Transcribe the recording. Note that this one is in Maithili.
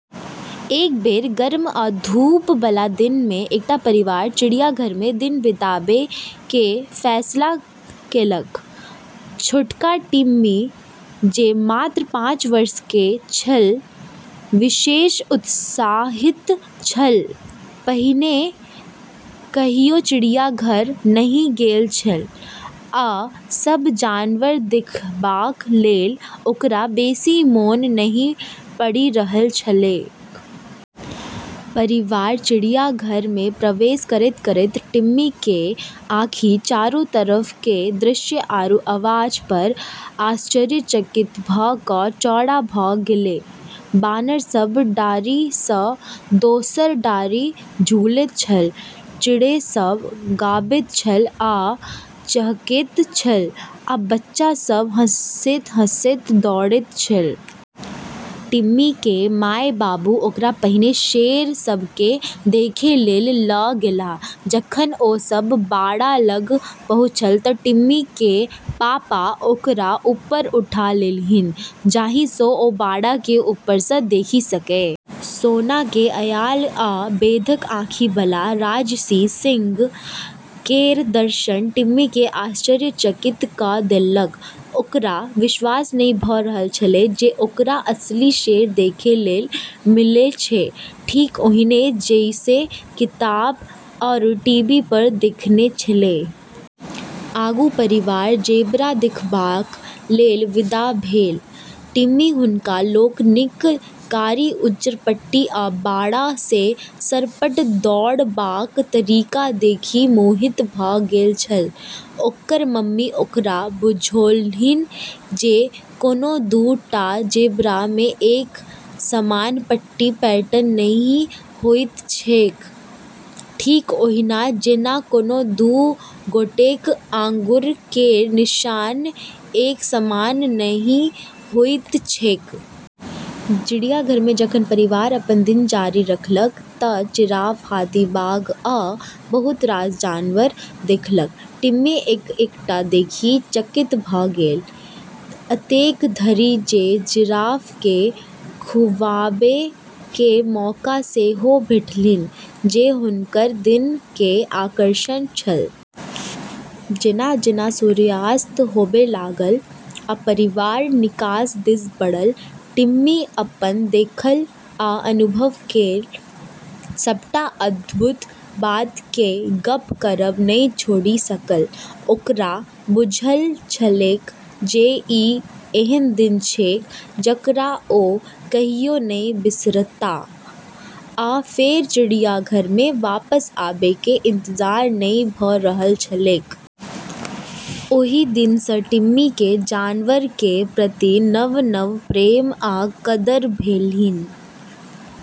एक बेर गर्म आ धूप बला दिन मे एकटा परिवार चिड़ियाघर मे दिन बिताबै केर फैसला केलक। छोटका टिम्मी जे मात्र पाँच वर्ष केर छल, विशेष उत्साहित छल। पहिने कहियो चिड़ियाघर नहि गेल छल, आ सभ जानवर देखबाक लेल ओकरा बेसी मोन नहि पड़ि रहल छलैक। परिवार चिड़ियाघर मे प्रवेश करैत-करैत टिम्मी केर आँखि चारो तरफ केर दृश्य आरू आवाज पर आश्चर्यचकित भऽ कऽ चौड़ा भऽ गेलै। बानर सभ डारि सँ दोसर डारि झूलैत छल, चिड़ै सभ गाबैत छल आ चहकैत छल, आ बच्चा सभ हँसैत-हँसैत दौड़ैत छल। टिम्मी केर माय-बाबू ओकरा पहिने शेर सभ केँ देखै लेल लऽ गेलाह। जखन ओ सभ बाड़ा लग पहुँछल तँ टिम्मी केर पापा ओकरा ऊपर उठा लेलन्हि जाहि सँ ओ बाड़ा केर ऊपर सँ देखि सकए। सोना केर अयाल आ बेधक आँखि बला राजसी सिंह केर दर्शन टिम्मी केँ आश्चर्यचकित कऽ देलक। ओकरा विश्वास नहि भऽ रहल छेलै जे ओकरा असली शेर देखै लेल मिलै छै, ठीक ओहिने जइसे किताब आरू टीवी पर देखने छेलै। आगू परिवार ज़ेबरा देखबाक लेल विदा भेल। टिम्मी हुनका लोकनिक कारी-उज्जर पट्टी आ बाड़ा मे सरपट दौड़बाक तरीका देखि मोहित भऽ गेल छल। ओकर मम्मी ओकरा बुझौलन्हि जे कोनो दू टा ज़ेबरा मे एक समान पट्टी पैटर्न नहि होइत छैक, ठीक ओहिना जेना कोनो दू गोटेक आँगुर केर निशान एक समान नहि होइत छैक। चिड़ियाघर मे जखन परिवार अपन दिन जारी रखलक तँ जिराफ, हाथी, बाघ, आ बहुत रास जानवर देखलक। टिम्मी एक-एकटा देखि चकित भऽ गेल। एतेक धरि जे जिराफ केँ खुवाबै केर मौका सेहो भेटलन्हि जे हुनकर दिन केर आकर्षण छल। जेना-जेना सूर्यास्त होबै लागल आ परिवार निकास दिस बढ़ल, टिम्मी अपन देखल आ अनुभव केर सबटा अद्भुत बात केर गप्प करब नहि छोड़ि सकल। ओकरा बुझल छलैक जे ई एहन दिन छैक जकरा ओ कहियो नहि बिसरताह, आ फेर चिड़ियाघर मे वापस आबै केर इंतजार नहि भऽ रहल छलैक। ओहि दिन सँ टिम्मी केँ जानवर केर प्रति नव-नव प्रेम आ कदर भेलन्हि।